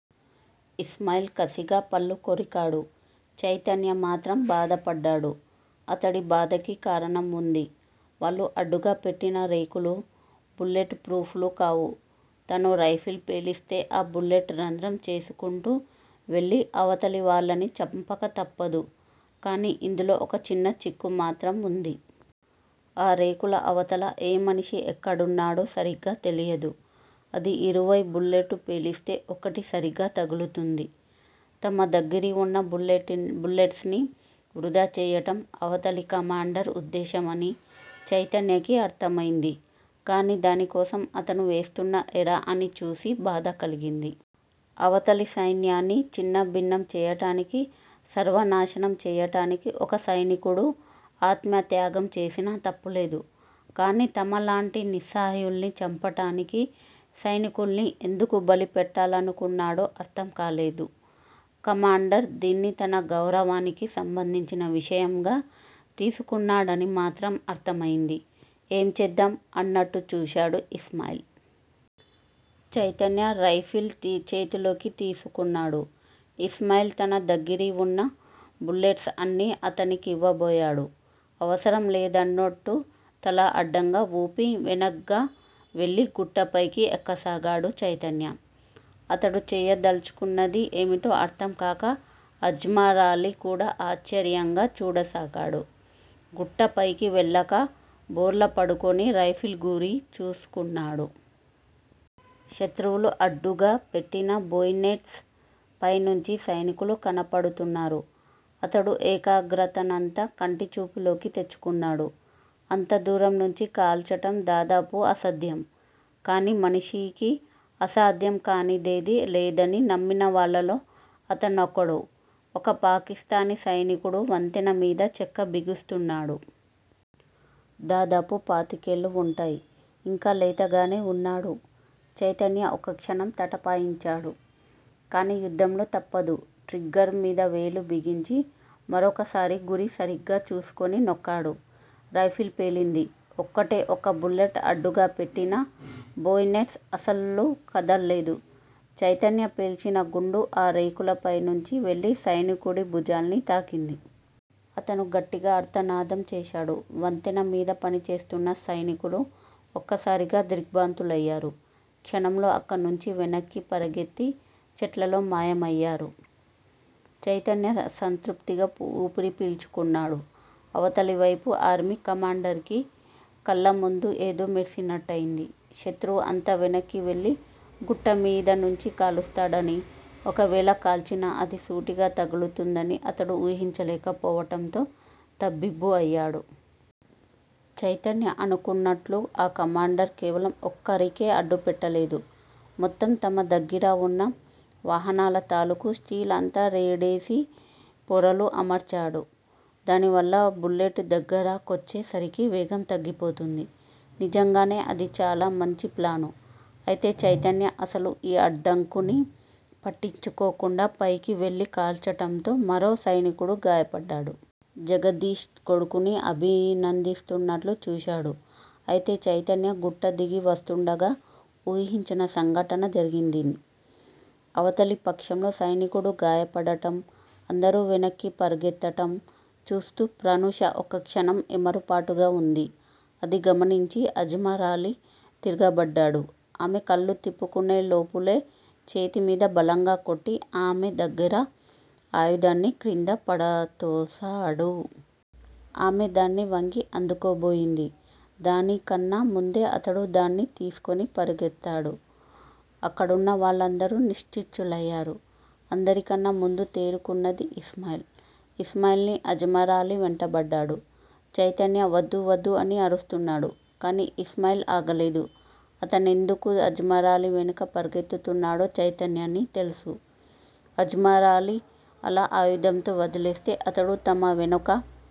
ఇస్మాయిల్ కసిగా పళ్ళు కొరికాడు. చైతన్య మాత్రం బాధపడ్డాడు. అతడి బాధకి కారణం వుంది. వాళ్ళు అడ్డుగా పెట్టిన రేకులు, బుల్లెట్ ఫ్రూఫ్ లు కావు. తను రైఫిల్ పేలిస్తే ఆ బుల్లెట్ రంధ్రం చేసుకుంటూ వెళ్ళి అవతలి వాళ్ళని చంపక తప్పదు. కానీ ఇందులో ఒక చిన్న చిక్కు మాత్రం వుంది. ఆ రేకుల అవతల ఏ మనిషి ఎక్కడున్నాడో సరిగ్గా తెలియదు. అది ఇరవై బుల్లెట్లు పేలిస్తే ఒకటి సరీగ్గా తగులుతుంది. తమ దగ్గిరవున్న బుల్లెట్ బుల్లెట్స్ ని వృధాచేయటం అవతలి కమాండర్ ఉద్దేశ్యమని చైతన్యకి అర్ధమైంది. కానీ దానికోసం అతను వేస్తున్న ఎర అని చూసి బాధ కలిగింది. అవతలి సైన్యాన్ని ఛిన్నాభిన్నం చేయటానికి, సర్వనాశనం చేయటానికీ ఒక సైనికుడు ఆత్మత్యాగం చేసినా తప్పులేదు. కానీ తమలాంటి నిస్సహాయుల్ని చంపటానికి సైనుకుల్ని ఎందుకు బలి పెట్టాలనుకున్నాడో అర్ధంకాలేదు. కమాండర్ దీన్ని తన గౌరవానికి సంబంధించిన విషయంగా తీసుకున్నాడని మాత్రం అర్ధం అయింది. ఏం చేద్దాం అన్నట్టు చూశాడు ఇస్మాయిల్. చైతన్య రైఫిల్ తీ చేతిలోకి తీసుకున్నాడు. ఇస్మాయిల్ తన దగ్గిరీవున్న బుల్లెట్స్ అన్నీ అతనికివ్వబోయాడు. అవసరం లేదన్నట్టు తల అడ్డంగా వూపి, వెనగ్గా వెళ్ళి గుట్ట పైకి ఎక్కసాగాడు చైతన్య. అతడు చేయదల్చుకున్నది ఏమిటో అర్ధంకాక అజ్మరాలీ కూడా ఆశ్చర్యంగా చూడసాగాడు. గుట్టపైకి వెళ్ళాక బోర్లా పడుకుని, రైఫిల్ గురి చూసుకున్నాడు. శత్రువులు అడ్డుగా పెట్టిన బోయినెట్స్ పైనుంచి సైనికులు కనపడుతున్నారు. అతడు ఏకాగ్రతనంతా కంటి చూపులోకి తెచ్చుకున్నాడు. అంత దూరం నుంచి కాల్చటం దాదాపు అసాధ్యం. కానీ మనిషికి అసాధ్యం కానిదేదీ లేదని నమ్మిన వాళ్ళల్లో అతనొకడు. ఒక పాకిస్తానీ సైనికుడు వంతెన మీద చెక్క బిగిస్తున్నాడు. దాదాపు పాతికేళ్ళు వుంటాయి. ఇంకా లేతగానే వున్నాడు. చైతన్య ఒక్కక్షణం తటపటాయించాడు. కానీ యుద్ధంలో తప్పదు. ట్రిగ్గర్ మీద వేలు బిగించి. మరొకసారి గురి సరిగ్గా చూసుకుని నొక్కాడు. రైఫిల్ పేలింది. ఒకటే ఒక బుల్లెట్ అడ్డుగా పెట్టిన బోయినెట్స్ అసలు కదల్లేదు. చైతన్య పేల్చిన గుండు ఆ రేకుల పైనుంచి వెళ్ళి సైనికుడి భుజాల్ని తాకింది. అతను గట్టిగా ఆర్తనాదం చేశాడు. వంతెన మీద పని చేస్తున్న సైనికులు ఒక్కసారిగా దిగ్భ్రాంతులయ్యారు. క్షణంలో అక్కణ్ణుంచి వెనక్కి పరుగెత్తి చెట్లలో మాయమయ్యారు. చైతన్య సంతృప్తిగా ఊపిరి పీల్చుకున్నాడు. అవతలివైపు ఆర్మీ కమాండర్ కి కళ్ళముందు ఏదో మెరిసినట్టయింది. శత్రువు అంత వెనక్కి వెళ్ళి గుట్ట మీద నుంచి కాలుస్తాడనీ, ఒకవేళ కాల్చినా అది సూటిగా తగులుతుందనీ అతడు ఊహించలేక పోవటంతో తబ్బిబ్బు అయ్యాడు. చైతన్య అనుకున్నట్లు ఆ కమాండర్ కేవలం ఒక్క రికే అడ్డు పెట్టలేదు. మొత్తం తమ దగ్గిర వున్న వాహనాల తాలూకు స్టీల్ అంతా రెండేసి పొరలు అమర్చాడు. దానివల్ల బుల్లెట్ దగ్గిరకొచ్చే సరికి వేగం తగ్గిపోతుంది. నిజంగానే ఇది చాలా మంచి ప్లాను. అయితే చైతన్య అసలు ఈ అడ్డంకిని పట్టించుకోకుండా పైకి వెళ్ళి కాల్చటముతో మరో సైనికుడు గాయపడ్డాడు. జగదీష్ కొడుకుని అభినందిస్తున్నట్లు చూశాడు. అయితే చైతన్య గుట్ట దిగి వస్తూండగా ఊహించని సంఘటన జరిగింది. అవతలి పక్షంలో సైనికుడు గాయపడటం, అందరూ వెనక్కి పరుగెత్తటం చూస్తూ ప్రనూష ఒక్కక్షణం ఏమరుపాటుగా వుంది. అది గమనించి అజ్మరాలీ తిరగబడ్డాడు. ఆమె కళ్ళు తిప్పుకునే లోపులో, చేతి మీద బలంగా కొట్టి ఆమె దగ్గిర ఆయుధాన్ని క్రింద పడతోసాడు. ఆమె దాన్ని వంగి అందుకోబోయింది. దాని కన్నా ముందే అతడు దాన్ని తీసుకుని పరుగెత్తాడు. అక్కడున్న వాళ్ళందరూ నిశ్చేష్టులయ్యారు. అందరికన్నా ముందు తేరుకున్నది ఇస్మాయిల్. ఇస్మాయిల్, అజ్మరాలీ వెంటబడ్డాడు. చైతన్య వద్దు-వద్దు అని అరుస్తున్నాడు. కానీ ఇస్మాయిల్ ఆగలేదు. అతనెందుకు అజ్మరాలీ వెనుక పరుగెడుతున్నాడో చైతన్యని తెలుసు. అజ్మరాలీ అలా ఆయుధంతో వదిలేస్తే అతడు తమ వెనుక